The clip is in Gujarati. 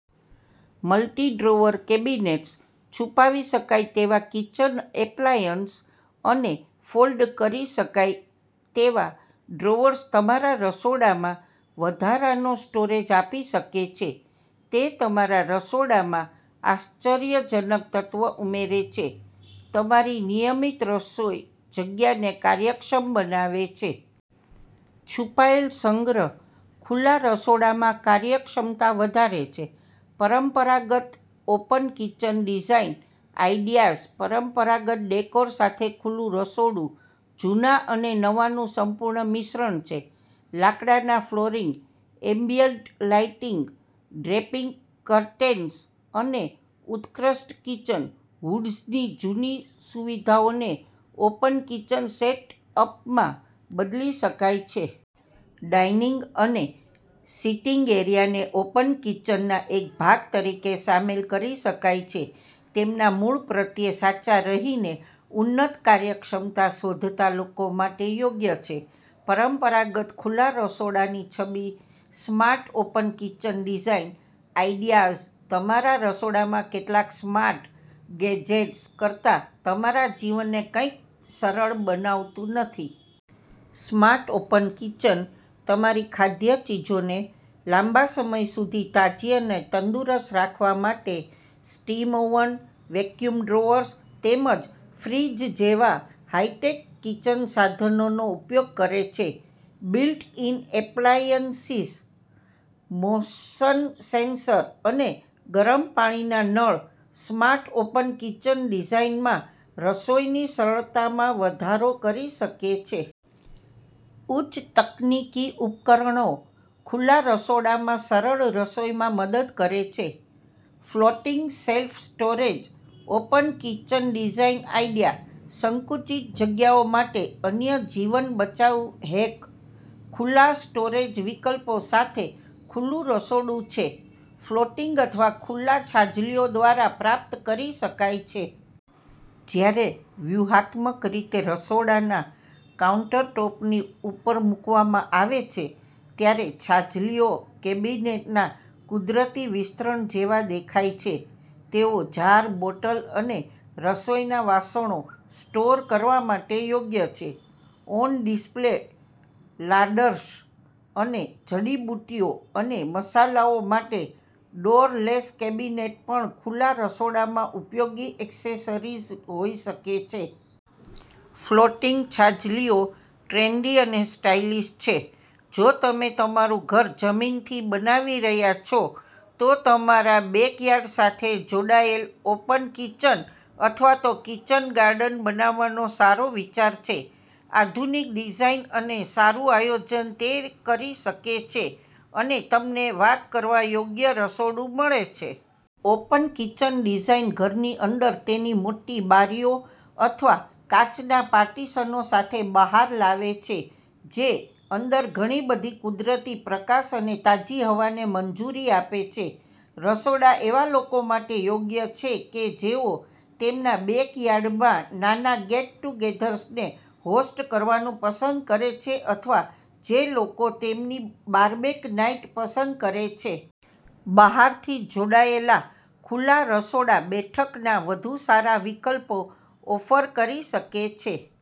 મલ્ટી-ડ્રોઅર કેબિનેટ્સ, છુપાવી શકાય તેવા કિચન એપ્લાયન્સ અને ફોલ્ડ કરી શકાય તેવા ડ્રોઅર્સ તમારા રસોડામાં વધારાનો સ્ટોરેજ આપી શકે છે. તે તમારા રસોડામાં આશ્ચર્યજનક તત્વ ઉમેરે છે. તમારી નિયમિત રસોઈ જગ્યાને કાર્યક્ષમ બનાવે છે. છુપાયેલ સંગ્રહ ખુલ્લા રસોડામાં કાર્યક્ષમતા વધારે છે. પરંપરાગત ઓપન કિચન ડિઝાઇન આઇડિયાઝ પરંપરાગત ડેકોર સાથે ખુલ્લું રસોડું જૂના અને નવાનું સંપૂર્ણ મિશ્રણ છે. લાકડાના flooring, ambient lighting, draping curtains અને ઉત્કૃષ્ટ કિચન હૂડ્સની જૂની સુવિધાઓને ઓપન કિચન સેટ-અપમાં બદલી શકાય છે. ડાઇનિંગ અને સીટિંગ એરિયાને ઓપન કિચનના એક ભાગ તરીકે સામેલ કરી શકાય છે. તેમના મૂળ પ્રત્યે સાચા રહીને ઉન્નત કાર્યક્ષમતા શોધતા લોકો માટે યોગ્ય છે. પરંપરાગત ખુલ્લા રસોડાની છબી smart open kitchen design ideas તમારા રસોડામાં કેટલાક સ્માર્ટ ગેજેટ્સ કરતાં તમારા જીવનને કંઈ સરળ બનાવતું નથી. સ્માર્ટ ઓપન કિચન તમારી ખાદ્ય ચીજોને લાંબા સમય સુધી તાજી અને તંદુરસ્ત રાખવા માટે સ્ટીમ ઓવન, વેક્યુમ ડ્રોઅર્સ તેમજ ફ્રીજ જેવા હાઇ-ટેક કિચન સાધનોનો ઉપયોગ કરે છે. બિલ્ટ-ઇન એપ્લાયન્સિસ, મોશન-સેન્સર અને ગરમ પાણીના નળ સ્માર્ટ ઓપન કિચન ડિઝાઇનમાં રસોઈની સરળતામાં વધારો કરી શકે છે. ઉચ્ચ તકનીકી ઉપકરણો ખુલ્લા રસોડામાં સરળ રસોઈમાં મદદ કરે છે. Floating shelf storage open kitchen design idea સંકુચિત જગ્યાઓ માટે અન્ય જીવન-બચાવ હેક ખુલ્લા સ્ટોરેજ વિકલ્પો સાથે ખુલ્લું રસોડું છે. ફ્લોટિંગ અથવા ખુલ્લા છાજલીઓ દ્વારા પ્રાપ્ત કરી શકાય છે. જ્યારે વ્યૂહાત્મક રીતે રસોડાના કાઉંટરટૉપની ઉપર મૂકવામાં આવે છે, ત્યારે છાજલીઓ કેબિનેટના કુદરતી વિસ્તરણ જેવા દેખાય છે. તેઓ જાર, બોટલ અને રસોઈના વાસણો સ્ટોર કરવા માટે યોગ્ય છે. ઓન-ડિસ્પ્લે લાર્ડર્સ અને જડીબુટ્ટીઓ અને મસાલાઓ માટે ડોર-લેસ કેબિનેટ પણ ખુલ્લા રસોડામાં ઉપયોગી એક્સેસરીઝ હોઈ શકે છે. ફ્લોટિંગ છાજલીઓ ટ્રેન્ડી અને સ્ટાઇલિશ છે. જો તમે તમારું ઘર જમીનથી બનાવી રહ્યા છો, તો તમારા બેકયાર્ડ સાથે જોડાયેલ ઓપન કિચન અથવા તો કિચન ગાર્ડન બનાવવાનો સારો વિચાર છે. આધુનિક ડિઝાઇન અને સારું આયોજન તે કરી શકે છે, અને તમને વાત કરવા યોગ્ય રસોડું મળે છે. ઓપન કિચન ડિઝાઈન ઘરની અંદર તેની મોટી બારીઓ અથવા કાચના પાર્ટીશનો સાથે બહાર લાવે છે જે અંદર ઘણી બધી કુદરતી પ્રકાશ અને તાજી હવાને મંજૂરી આપે છે. રસોડા એવા લોકો માટે યોગ્ય છે કે જેઓ તેમના બેકયાર્ડમાં નાના ગેટ-ટુગેધર્સને હોસ્ટ કરવાનું પસંદ કરે છે અથવા જે લોકો તેમની બાર્બેક નાઇટ પસંદ કરે છે. બહારથી જોડાયેલા ખુલ્લા રસોડા બેઠકના વધુ સારા વિકલ્પો ઓફર કરી શકે છે.